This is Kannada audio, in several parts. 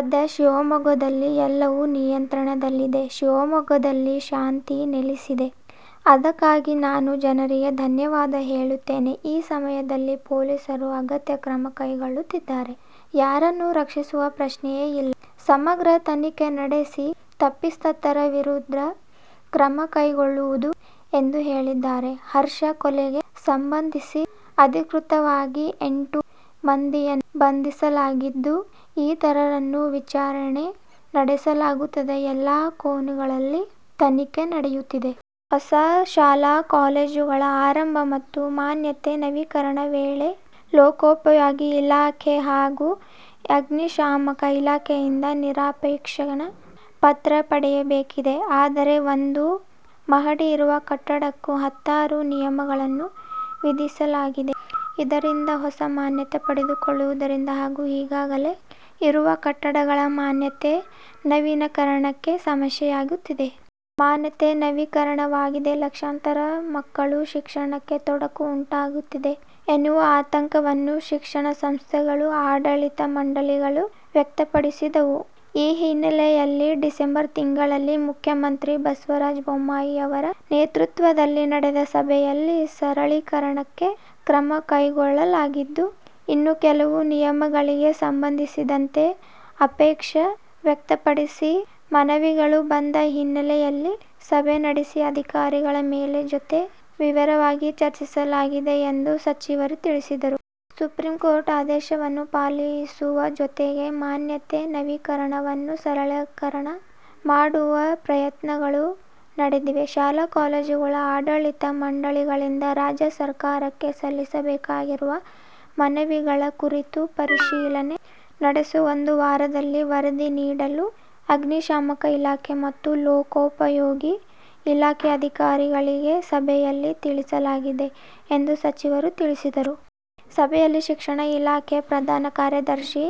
ಸದ್ಯ ಶಿವಮೊಗ್ಗದಲ್ಲಿ ಎಲ್ಲವೂ ನಿಯಂತ್ರಣದಲ್ಲಿದೆ, ಶಿವಮೊಗ್ಗದಲ್ಲಿ ಶಾಂತಿ ನೆಲೆಸಿದೆ. ಅದಕ್ಕಾಗಿ ನಾನು ಜನರಿಗೆ ಧನ್ಯವಾದ ಹೇಳುತ್ತೇನೆ. ಈ ಸಮಯದಲ್ಲಿ ಪೊಲೀಸರು ಅಗತ್ಯ ಕ್ರಮ ಕೈಗೊಳ್ಳುತ್ತಿದ್ದಾರೆ. ಯಾರನ್ನೂ ರಕ್ಷಿಸುವ ಪ್ರಶ್ನೆಯೇ ಇಲ್ಲ, ಸಮಗ್ರ ತನಿಖೆ ನಡೆಸಿ ತಪ್ಪಿತಸ್ಥರ ವಿರುದ್ಧ ಕ್ರಮ ಕೈಗೊಳ್ಳಲಾಗುವುದು ಎಂದು ಹೇಳಿದ್ದಾರೆ. ಹರ್ಷ ಕೊಲೆಗೆ ಸಂಬಂಧಿಸಿ ಅಧಿಕೃತವಾಗಿ ಎಂಟು ಮಂದಿಯನ್ನು ಬಂಧಿಸಲಾಗಿದ್ದು, ಇತರರನ್ನು ವಿಚಾರಣೆ ನಡೆಸಲಾಗುತ್ತಿದೆ, ಎಲ್ಲಾ ಕೋನಗಳಲ್ಲಿ ತನಿಖೆ ನಡೆಯುತ್ತಿದೆ. ಹೊಸ ಶಾಲಾ-ಕಾಲೇಜುಗಳ ಆರಂಭ ಮತ್ತು ಮಾನ್ಯತೆ ನವೀಕರಣ ವೇಳೆ ಲೋಕೋಪಯೋಗಿ ಇಲಾಖೆ ಹಾಗೂ ಅಗ್ನಿಶಾಮಕ ಇಲಾಖೆಯಿಂದ ನಿರಾಪೇಕ್ಷಣ ಪತ್ರ ಪಡೆಯಬೇಕಿದೆ. ಆದರೆ, ಒಂದು ಮಹಡಿ ಇರುವ ಕಟ್ಟಡಕ್ಕೂ ಹತ್ತಾರು ನಿಯಮಗಳನ್ನು ವಿಧಿಸಲಾಗಿದೆ. ಇದರಿಂದ ಹೊಸ ಮಾನ್ಯತೆ ಪಡೆದುಕೊಳ್ಳುವುದು ಹಾಗೂ ಈಗಾಗಲೇ ಇರುವ ಕಟ್ಟಡಗಳ ಮಾನ್ಯತೆ ನವೀಕರಣಕ್ಕೆ ಸಮಸ್ಯೆಯಾಗುತ್ತಿದೆ. ಮಾನ್ಯತೆ ನವೀಕರಣವಾಗದೆ ಲಕ್ಷಾಂತರ ಮಕ್ಕಳ ಶಿಕ್ಷಣಕ್ಕೆ ತೊಡಕು ಉಂಟಾಗುತ್ತದೆ ಎನ್ನುವ ಆತಂಕವನ್ನು ಶಿಕ್ಷಣ ಸಂಸ್ಥೆಗಳು, ಆಡಳಿತ ಮಂಡಳಿಗಳು ವ್ಯಕ್ತಪಡಿಸಿದ್ದವು. ಈ ಹಿನ್ನೆಲೆಯಲ್ಲಿ ಡಿಸೆಂಬರ್ ತಿಂಗಳಲ್ಲಿ ಮುಖ್ಯಮಂತ್ರಿ ಬಸವರಾಜ ಬೊಮ್ಮಾಯಿ ಅವರ ನೇತೃತ್ವದಲ್ಲಿ ನಡೆದ ಸಭೆಯಲ್ಲಿ ಸರಳೀಕರಣಕ್ಕೆ ಕ್ರಮ ಕೈಗೊಳ್ಳಲಾಗಿತ್ತು. ಇನ್ನು ಕೆಲವು ನಿಯಮಗಳಿಗೆ ಸಂಬಂಧಿಸಿದಂತೆ ಆಕ್ಷೇಪ ವ್ಯಕ್ತಪಡಿಸಿ ಮನವಿಗಳು ಬಂದ ಹಿನ್ನೆಲೆಯಲ್ಲಿ ಸಭೆ ನಡೆಸಿ ಅಧಿಕಾರಿಗಳ ಜೊತೆ ವಿವರವಾಗಿ ಚರ್ಚಿಸಲಾಗಿದೆ ಎಂದು ಸಚಿವರು ತಿಳಿಸಿದರು. 'ಸುಪ್ರೀಂಕೋರ್ಟ್ ಆದೇಶವನ್ನು ಪಾಲಿಸುವ ಜೊತೆಗೆ ಮಾನ್ಯತೆ ನವೀಕರಣವನ್ನು ಸರಳೀಕರಣ ಮಾಡುವ ಪ್ರಯತ್ನಗಳು ನಡೆದಿವೆ. ಶಾಲಾ-ಕಾಲೇಜುಗಳ ಆಡಳಿತ ಮಂಡಳಿಗಳಿಂದ ರಾಜ್ಯ ಸರ್ಕಾರಕ್ಕೆ ಸಲ್ಲಿಕೆಯಾಗಿರುವ ಮನವಿಗಳ ಕುರಿತು ಪರಿಶೀಲನೆ ನಡೆಸಿ ಒಂದು ವಾರದಲ್ಲಿ ವರದಿ ನೀಡಲು ಅಗ್ನಿಶಾಮಕ ಇಲಾಖೆ ಮತ್ತು ಲೋಕೋಪಯೋಗಿ ಇಲಾಖೆ ಅಧಿಕಾರಿಗಳಿಗೆ ಸಭೆಯಲ್ಲಿ ತಿಳಿಸಲಾಗಿದೆ' ಎಂದು ಸಚಿವರು ತಿಳಿಸಿದರು. ಸಭೆಯಲ್ಲಿ ಶಿಕ್ಷಣ ಇಲಾಖೆ ಪ್ರಧಾನ ಕಾರ್ಯದರ್ಶಿ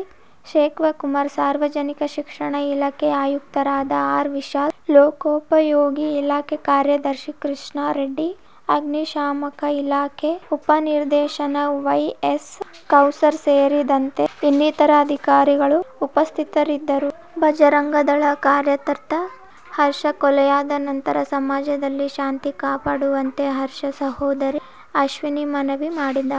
ಸೆಲ್ವಕುಮಾರ್, ಸಾರ್ವಜನಿಕ ಶಿಕ್ಷಣ ಇಲಾಖೆ ಆಯುಕ್ತರಾದ ಆರ್. ವಿಶಾಲ್, ಲೋಕೋಪಯೋಗಿ ಇಲಾಖೆ ಕಾರ್ಯದರ್ಶಿ ಕೃಷ್ಣಾರೆಡ್ಡಿ, ಅಗ್ನಿಶಾಮಕ ಇಲಾಖೆ ಉಪ ನಿರ್ದೇಶಕ ವೈ. ಎ. ಕೌಸರ್ ಸೇರಿದಂತೆ ಇನ್ನಿತರ ಅಧಿಕಾರಿಗಳು ಉಪಸ್ಥಿತರಿದ್ದರು. ಬಜರಂಗದಳ ಕಾರ್ಯಕರ್ತ ಹರ್ಷ ಕೊಲೆಯಾದ ನಂತರ ಸಮಾಜದಲ್ಲಿ ಶಾಂತಿ ಕಾಪಾಡುವಂತೆ ಹರ್ಷ ಸಹೋದರಿ ಅಶ್ವಿನಿ ಮನವಿ ಮಾಡಿದ್ದಾರೆ.